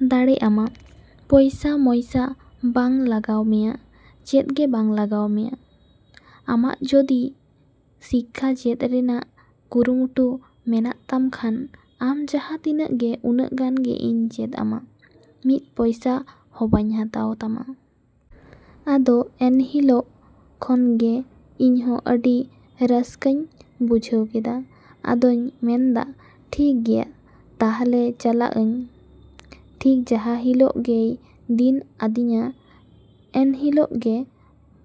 ᱫᱟᱲᱮ ᱟᱢᱟ᱾ ᱯᱚᱭᱥᱟ ᱢᱚᱭᱥᱟ ᱵᱟᱝ ᱞᱟᱜᱟᱣ ᱢᱮᱭᱟ, ᱪᱮᱫ ᱜᱮ ᱵᱟᱝ ᱞᱟᱜᱟᱣ ᱢᱮᱭᱟ᱾ ᱟᱢᱟᱜ ᱡᱚᱫᱤ ᱥᱤᱠᱠᱷᱟ ᱪᱮᱫ ᱨᱮᱱᱟᱜ ᱠᱩᱨᱩᱢᱩᱴᱩ ᱢᱮᱱᱟᱜ ᱛᱟᱢ ᱠᱷᱟᱱ, ᱟᱢ ᱡᱟᱸᱦᱟ ᱛᱤᱱᱟᱹᱜ ᱜᱮ ᱩᱱᱟᱹᱜ ᱜᱟᱱ ᱤᱧ ᱪᱮᱫ ᱟᱢᱟ᱾ ᱢᱤᱫ ᱯᱚᱭᱥᱟ ᱦᱚᱵᱟᱧ ᱦᱟᱛᱟᱣ ᱛᱟᱢᱟ᱾ ᱟᱫᱚ ᱮᱱᱦᱤᱞᱳᱜ ᱠᱷᱚᱱ ᱜᱮ ᱤᱧᱦᱚᱸ ᱟᱹᱰᱤ ᱨᱟᱹᱥᱠᱟᱹᱧ ᱵᱩᱡᱷᱟᱹᱣ ᱠᱮᱫᱟ᱾ ᱟᱫᱚᱧ ᱢᱮᱱᱫᱟ, ᱴᱷᱤᱠ ᱜᱮᱭᱟ ᱛᱟᱦᱞᱮ ᱪᱟᱞᱟᱜ ᱟᱹᱧ᱾ ᱴᱷᱤᱠ ᱡᱟᱸᱦᱟ ᱦᱤᱞᱳᱜ ᱜᱮᱭ ᱫᱤᱱ ᱟᱫᱤᱧᱟ, ᱮᱱᱦᱤᱞᱳᱜ ᱜᱮ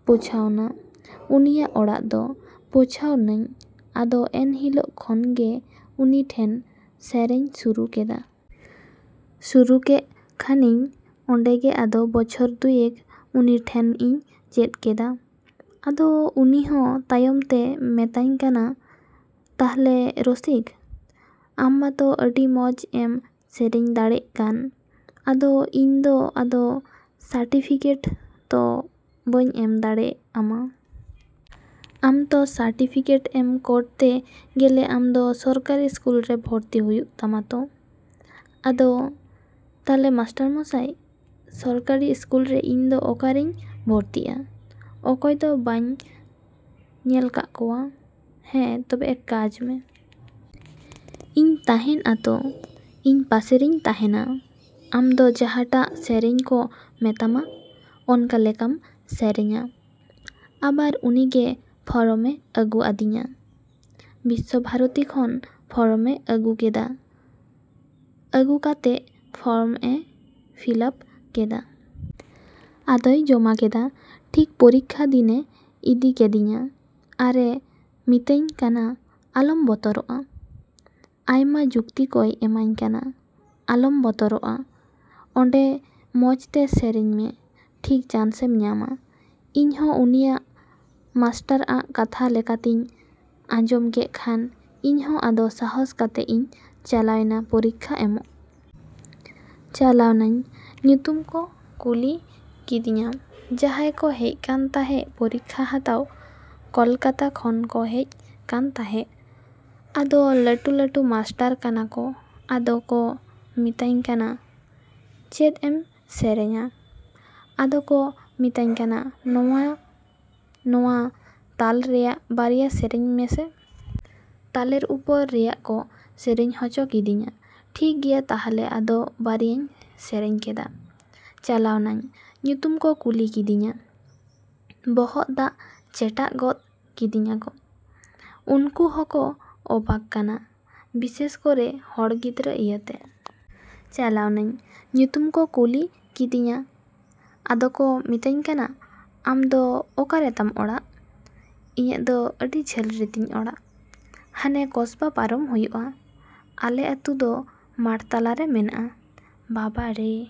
ᱯᱳᱪᱷᱟᱣᱱᱟ ᱩᱱᱤᱭᱟᱜ ᱚᱲᱟᱜ ᱫᱚ᱾ ᱯᱳᱪᱷᱟᱣ ᱱᱟᱧ᱾ ᱟᱫᱚ ᱮᱱ ᱦᱤᱞᱳᱜ ᱠᱷᱚᱱᱜᱮ ᱩᱱᱤ ᱴᱷᱮᱱ ᱥᱮᱨᱮᱧ ᱥᱩᱨᱩ ᱠᱮᱫᱟ᱾ ᱥᱩᱨᱩ ᱠᱮᱜ ᱠᱷᱟᱱᱤᱧ ᱚᱱᱰᱮ ᱜᱮ ᱟᱫᱚ ᱵᱚᱪᱷᱚᱨ ᱫᱩᱭᱮᱠ ᱩᱱᱤ ᱴᱷᱮᱱ ᱤᱧ ᱪᱮᱫ ᱠᱮᱫᱟ᱾ ᱟᱫᱚ ᱩᱱᱤᱦᱚᱸ ᱛᱟᱭᱚᱢᱛᱮ ᱢᱮᱛᱟᱧ ᱠᱟᱱᱟ, ᱛᱟᱦᱞᱮ ᱨᱚᱥᱤᱠ, ᱟᱢ ᱢᱟᱛᱚ ᱟᱹᱰᱤ ᱢᱚᱸᱡ ᱮᱢ ᱥᱮᱨᱮᱧ ᱫᱟᱲᱮᱜ ᱠᱟᱱ᱾ ᱟᱫᱚ ᱤᱧ ᱫᱚ ᱟᱫᱚ ᱥᱟᱨᱴᱤᱯᱷᱤᱠᱮᱴ ᱛᱚ ᱵᱟᱹᱧ ᱮᱢ ᱫᱟᱲᱮ ᱟᱢᱟ᱾ ᱟᱢ ᱛᱚ ᱥᱟᱨᱴᱤᱯᱷᱤᱠᱮᱴ ᱮᱢ ᱠᱚᱨᱛᱮ ᱜᱮᱞᱮ ᱟᱢᱫᱚ ᱥᱚᱨᱠᱟᱨᱤ ᱤᱥᱠᱩᱞ ᱨᱮ ᱵᱷᱚᱨᱛᱤ ᱦᱩᱭᱩᱜ ᱛᱟᱢᱟ ᱛᱚ? ᱟᱫᱚ, ᱛᱟᱦᱞᱮ ᱢᱟᱥᱴᱟᱨ ᱢᱚᱥᱟᱭ, ᱥᱚᱠᱟᱨᱤ ᱤᱥᱠᱩᱞᱨᱮ ᱤᱧ ᱫᱚ ᱚᱠᱟᱨᱮᱧ ᱵᱷᱚᱨᱛᱤᱜ-ᱟ? ᱚᱠᱚᱭᱫᱚ ᱵᱟᱹᱧ ᱧᱮᱞ ᱠᱟᱜ ᱠᱚᱣᱟ᱾ ᱦᱮᱸ ᱛᱚᱵᱮ ᱮᱠ ᱠᱟᱡ ᱢᱮ᱾ ᱤᱧ ᱛᱟᱸᱦᱮᱱ ᱟᱛᱚ, ᱤᱧ ᱯᱟᱥᱮ ᱨᱤᱧ ᱛᱟᱸᱦᱮᱱᱟ᱾ ᱟᱢ ᱫᱚ ᱡᱟᱸᱦᱟᱴᱟᱜ ᱥᱮᱨᱮᱧ ᱠᱚ ᱢᱮᱛᱟᱢᱟ, ᱚᱱᱠᱟ ᱞᱮᱠᱟᱢ ᱥᱮᱨᱮᱧᱟ᱾ ᱟᱵᱟᱨ ᱩᱱᱤᱜᱮ ᱯᱷᱚᱨᱚᱢᱮ ᱟᱹᱜᱩ ᱟᱹᱫᱤᱧᱟ᱾ ᱵᱤᱥᱥᱚ ᱵᱷᱟᱨᱚᱛᱤ ᱠᱷᱚᱱ ᱯᱷᱚᱨᱚᱢᱮ ᱟᱹᱜᱩ ᱠᱮᱫᱟ᱾ ᱟᱹᱜᱩ ᱠᱟᱛᱮᱜ ᱯᱷᱚᱨᱚᱢ ᱮ ᱯᱷᱤᱞᱟᱯ ᱠᱮᱫᱟ᱾ ᱟᱫᱚᱭ ᱡᱚᱢᱟ ᱠᱮᱫᱟ᱾ ᱴᱷᱤᱠ ᱯᱚᱨᱤᱠᱠᱷᱟ ᱫᱤᱱᱮ ᱤᱫᱤ ᱠᱮᱫᱤᱧᱟ ᱟᱨᱮ ᱢᱤᱛᱟᱹᱧ ᱠᱟᱱᱟ, ᱟᱞᱚᱢ ᱵᱚᱛᱨᱚᱜ-ᱟ᱾ ᱟᱭᱢᱟ ᱡᱩᱠᱛᱤ ᱠᱚᱭ ᱮᱢᱟᱹᱧ ᱠᱟᱱᱟ, ᱟᱞᱚᱢ ᱵᱚᱛᱚᱨᱚᱜ-ᱟ᱾ ᱚᱱᱰᱮ ᱢᱚᱸᱡᱛᱮ ᱥᱮᱨᱮᱧ ᱢᱮ᱾ ᱴᱷᱤᱠ ᱪᱟᱱᱥ ᱮᱢ ᱧᱟᱢᱟ᱾ ᱤᱧᱦᱚᱸ ᱩᱱᱤᱭᱟᱜ ᱢᱟᱥᱴᱟᱨ ᱟᱜ ᱠᱟᱛᱷᱟ ᱞᱮᱠᱟᱛᱤᱧ ᱟᱸᱡᱚᱢ ᱠᱮᱜ ᱠᱷᱟᱱ, ᱤᱧᱦᱚᱸ ᱟᱫᱚ ᱥᱟᱦᱚᱥ ᱠᱟᱛᱮᱜ ᱤᱧ ᱪᱟᱞᱟᱣᱱᱟ ᱯᱚᱨᱤᱠᱠᱷᱟ ᱮᱢᱚᱜ᱾ ᱪᱟᱞᱟᱣᱱᱟᱧ᱾ ᱧᱩᱛᱩᱢ ᱠᱚ ᱠᱩᱞᱤ ᱠᱤᱫᱤᱧᱟ᱾ ᱡᱟᱸᱦᱟᱭ ᱠᱚ ᱦᱮᱡ ᱠᱟᱱ ᱛᱟᱸᱦᱮᱜ ᱯᱚᱨᱤᱠᱠᱷᱟ ᱦᱟᱛᱟᱣ, ᱠᱚᱞᱠᱟᱛᱟ ᱠᱷᱚᱱ ᱠᱚ ᱦᱮᱡ ᱠᱟᱱ ᱛᱟᱸᱦᱮᱜ᱾ ᱟᱫᱚ ᱞᱟᱹᱴᱩ ᱞᱟᱹᱴᱩ ᱢᱟᱥᱴᱟᱨ ᱠᱟᱱᱟ ᱠᱚ᱾ ᱟᱫᱚ ᱠᱚ ᱢᱤᱛᱟᱹᱧ ᱠᱟᱱᱟ, ᱪᱮᱫ ᱮᱢ ᱥᱮᱨᱮᱧᱟ? ᱟᱫᱚ ᱠᱚ ᱢᱤᱛᱟᱹᱧ ᱠᱟᱱᱟ, ᱱᱚᱣᱟ ᱱᱚᱣᱟ ᱛᱟᱞ ᱨᱮᱭᱟᱜ ᱵᱟᱨᱭᱟ ᱥᱮᱨᱮᱧ ᱢᱮᱥᱮ᱾ ᱛᱟᱞᱮᱨ ᱩᱯᱚᱨ ᱨᱮᱭᱟᱜ ᱠᱚ ᱥᱮᱨᱮᱧ ᱦᱚᱪᱚ ᱠᱤᱫᱤᱧᱟ᱾ ᱴᱷᱤᱠ ᱜᱮᱭᱟ ᱛᱟᱦᱞᱮ ᱟᱫᱚ ᱵᱟᱨᱭᱟᱧ ᱥᱮᱨᱮᱧ ᱠᱮᱫᱟ᱾ ᱪᱟᱞᱟᱣᱱᱟᱧ᱾ ᱧᱩᱛᱩᱢ ᱠᱚ ᱠᱩᱞᱤ ᱠᱤᱫᱤᱧᱟ᱾ ᱵᱚᱦᱚᱜ ᱫᱟᱜ ᱪᱮᱴᱟᱜ ᱜᱚᱫ ᱠᱤᱫᱤᱧᱟᱠᱚ᱾ ᱩᱱᱠᱩ ᱦᱚᱸᱠᱚ ᱚᱵᱟᱠ ᱠᱟᱱᱟ ᱵᱤᱥᱮᱥ ᱠᱚᱨᱮ ᱦᱚᱲ ᱜᱤᱫᱽᱨᱟᱹ ᱤᱭᱟᱹᱛᱮ᱾ ᱪᱟᱞᱟᱣᱱᱟᱧ᱾ ᱧᱩᱛᱩᱢ ᱠᱚ ᱠᱩᱞᱤ ᱠᱤᱫᱤᱧᱟ᱾ ᱟᱫᱚ ᱠᱚ ᱢᱤᱛᱟᱹᱧ ᱠᱟᱱᱟ, ᱟᱢ ᱫᱚ ᱚᱠᱟ ᱨᱮᱛᱟᱢ ᱚᱲᱟᱜ? ᱤᱧᱟᱹᱜ ᱫᱚ ᱟᱹᱰᱤ ᱡᱷᱟᱹᱞ ᱨᱮᱛᱤᱧ ᱚᱲᱟᱜ᱾ ᱦᱟᱱᱮ ᱠᱚᱥᱵᱟ ᱯᱟᱨᱚᱢ ᱦᱩᱭᱩᱜ-ᱟ᱾ ᱟᱞᱮ ᱟᱹᱛᱩ ᱫᱚ ᱢᱟᱴᱷ ᱛᱟᱞᱟᱨᱮ ᱢᱮᱱᱟᱜ-ᱟ᱾ ᱵᱟᱵᱟᱨᱮ!